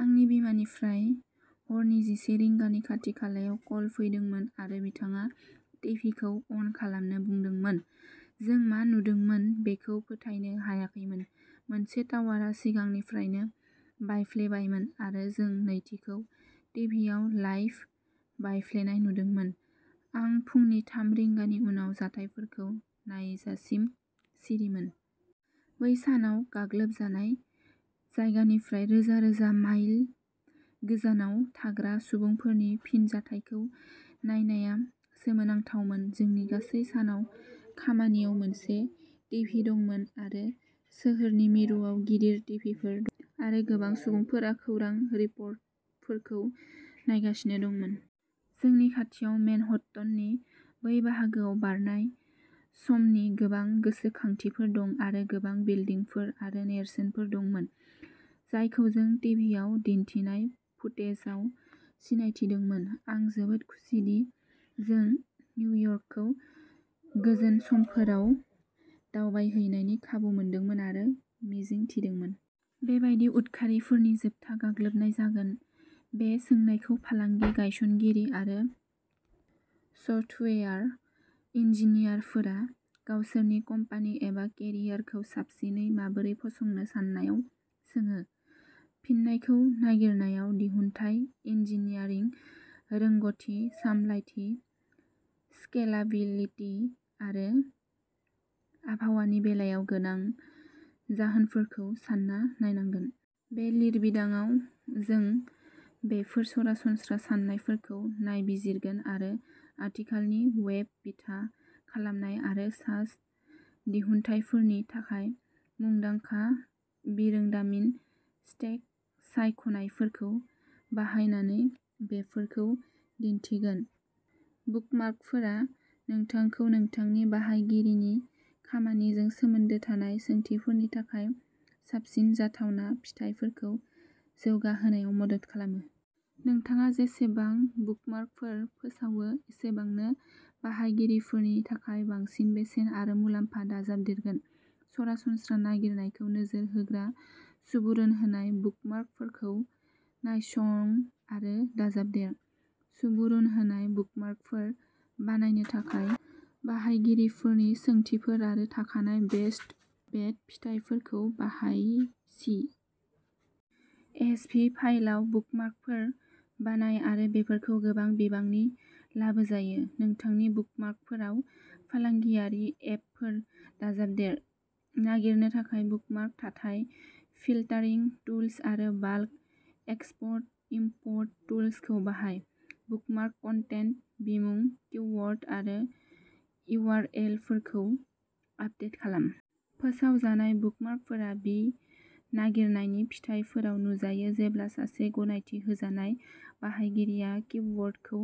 आंनि बिमानिफ्राय हरनि जिसे रिंगानि खाथि-खालायाव कल फैदोंमोन आरो बिथाङा टिभिखौ अन खालामनो बुंदोंमोन। जों मा नुदोंमोन बेखौ फोथायनो हायाखैमोन। मोनसे टावारा सिगांनिफ्रायनो बायफ्लेबायमोन आरो जों नैथिखौ टिभिआव लाइभ बायफ्लेनाय नुदोंमोन। आं फुंनि थाम रिंगानि उनाव जाथायफोरखौ नायजासिम सिरिमोन। बै सानाव गाग्लोब जानाय जायगानिफ्राय रोजा-रोजा माइल गोजानाव थाग्रा सुबुंफोरनि फिनजाथायखौ नायनाया सोमोनांथावमोन। जोंनि गासै सानाव खामानियाव मोनसे टिभि दंमोन आरो सोहोरनि मिरुआव गिदिर टिभिफोर दंमोन आरो गोबां सुबुंफोरा खौरां रिपर्टफोरखौ नायगासिनो दंमोन। जोंनि खाथियाव मेनहट्टननि बै बाहागोआव बारनाय समनि गोबां गोसोखांथिफोर दं आरो गोबां बिल्डिंफोर आरो नेरसोनफोर दंमोन जायखौ जों टिभिआव दिन्थिनाय फुटेजआव सिनायथिदोंमोन। आं जोबोद खुसिदि जों निउयर्कखौ गोजोन समफोराव दावबायहैनायनि खाबु मोनदोंमोन आरो मिजिं थिदोंमोन। बे बायदि उदखारिफोरनि जोबथा गाग्लोबनाय जागोन। बे सोंनायखौ फालांगि गायसनगिरि आरो सफ्टवेयार इन्जिनियारफोरा गावसोरनि कम्पानि एबा केरियारखौ साबसिनै माबोरै फसंनो साननायाव सोङो। फिननायखौ नागिरनायाव, दिहुनथाय, इन्जिनियारिं रोंग'थि, सामलायथि, स्केलाबिलिटि आरो आबहावानि बेलायाव गोनां जाहोनफोरखौ सानना नायनांगोन। बे लिरबिदांआव, जों बेफोर सरासनस्रा सान्नायफोरखौ नायबिजिरगोन आरो आथिखालनि वेब बिथा खालामनाय आरो सास दिहुनथायफोरनि थाखाय मुंदांखा बिरोंदामिन स्तेक सायख'नायफोरखौ बाहायनानै बेफोरखौ दिन्थिगोन। बुकमार्कफोरा नोंथांखौ नोंथांनि बाहायगिरिनि खामानिजों सोमोन्दो थानाय सोंथिफोरनि थाखाय साबसिन जाथावना फिथायफोरखौ जौगाहोनायाव मदद खालामो। नोंथाङा जेसेबां बुकमार्कफोर फोसावो, एसेबांनो बाहायगिरिफोरनि थाखाय बांसिन बेसेन आरो मुलाम्फा दाजाबदेरगोन। सरासनस्रा नागिरनायखौ नोजोर होग्रा सुबुरुन होनाय बुकमार्कफोरखौ नायसं आरो दाजाबदेर। सुबुरुन होनाय बुकमार्कफोर बानायनो थाखाय बाहायगिरिफोरनि सोंथिफोर आरो थाखानाय बेस्ट बेट फिथायफोरखौ बाहाय। सि एस भि फाइलआव बुकमार्कफोर बानाय आरो बेफोरखौ गोबां बिबांनि लाबोजायो। नोंथांनि बुकमार्कफोराव फालांगियारि एपफोर दाजाबदेर। नागिरनो थाखाय बुकमार्क थाथाय, फिल्टारिं टुल्स आरो बाल्क एक्सप'र्ट इमपर्ट टुल्सखौ बाहाय। बुकमार्क कन्टेन्ट, बिमुं, किवर्ड आरो इउआरएलफोरखौ आपडेट खालाम। फोसावजानाय बुकमार्कफोरा बि नागिरनायनि फिथाइफोराव नुजायो जेब्ला सासे गनायथि होजानाय बाहायगिरिया किवर्डखौ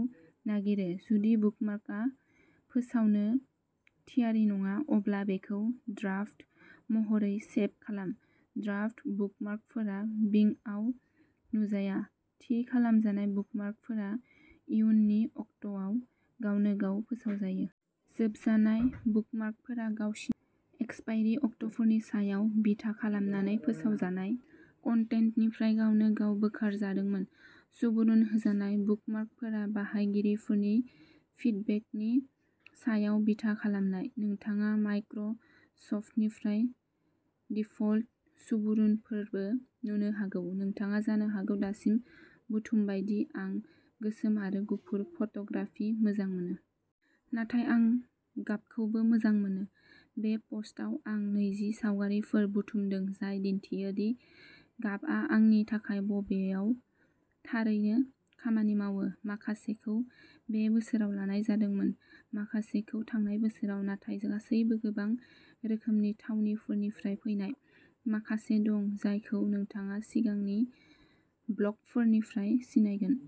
नागिरो। जुदि बुकमार्कआ फोसावनो थियारि नङा, अब्ला बेखौ ड्राफ्ट महरै सेब खालाम। ड्राफ्ट बुकमार्कफोरा बिंआव नुजाया। थि खालामजानाय बुकमार्कफोरा इयुननि अक्ट'आव गावनो गाव फोसावजायो। जोबजानाय बुकमार्कफोरा गावसिनि एक्सपायरि अक्ट'फोरनि सायाव बिथा खालामनानै फोसावजानाय कन्टेन्टनिफ्राय गावनो गाव बोखारजादोंमोन। सुबुरुन होजानाय बुकमार्कफोरा बाहायगिरिफोरनि फिडबेकनि सायाव बिथा खालामनाय। नोंथाङा माइक्र'सफ्टनिफ्राय दिफल्ट सुबुरुनफोरबो नुनो हागौ। नोंथाङा जानो हागौ दासिम बुथुमबाय दि आं गोसोम आरो गुफुर फट'ग्राफि मोजां मोनो। नाथाय आं गाबखौबो मोजां मोनो। बे पस्टआव आं नैजि सावगारिफोर बुथुमदों जाय दिन्थियो दि गाबआ आंनि थाखाय बबेयाव थारैनो खामानि मावो। माखासेखौ बे बोसोराव लानाय जादोंमोन, माखासेखौ थांनाय बोसोराव, नाथाय गासैबो गोबां रोखोमनि थावनिफोरनिफ्राय फैनाय। माखासे दं जायखौ नोंथाङा सिगांनि ब्लगफोरनिफ्राय सिनायगोन।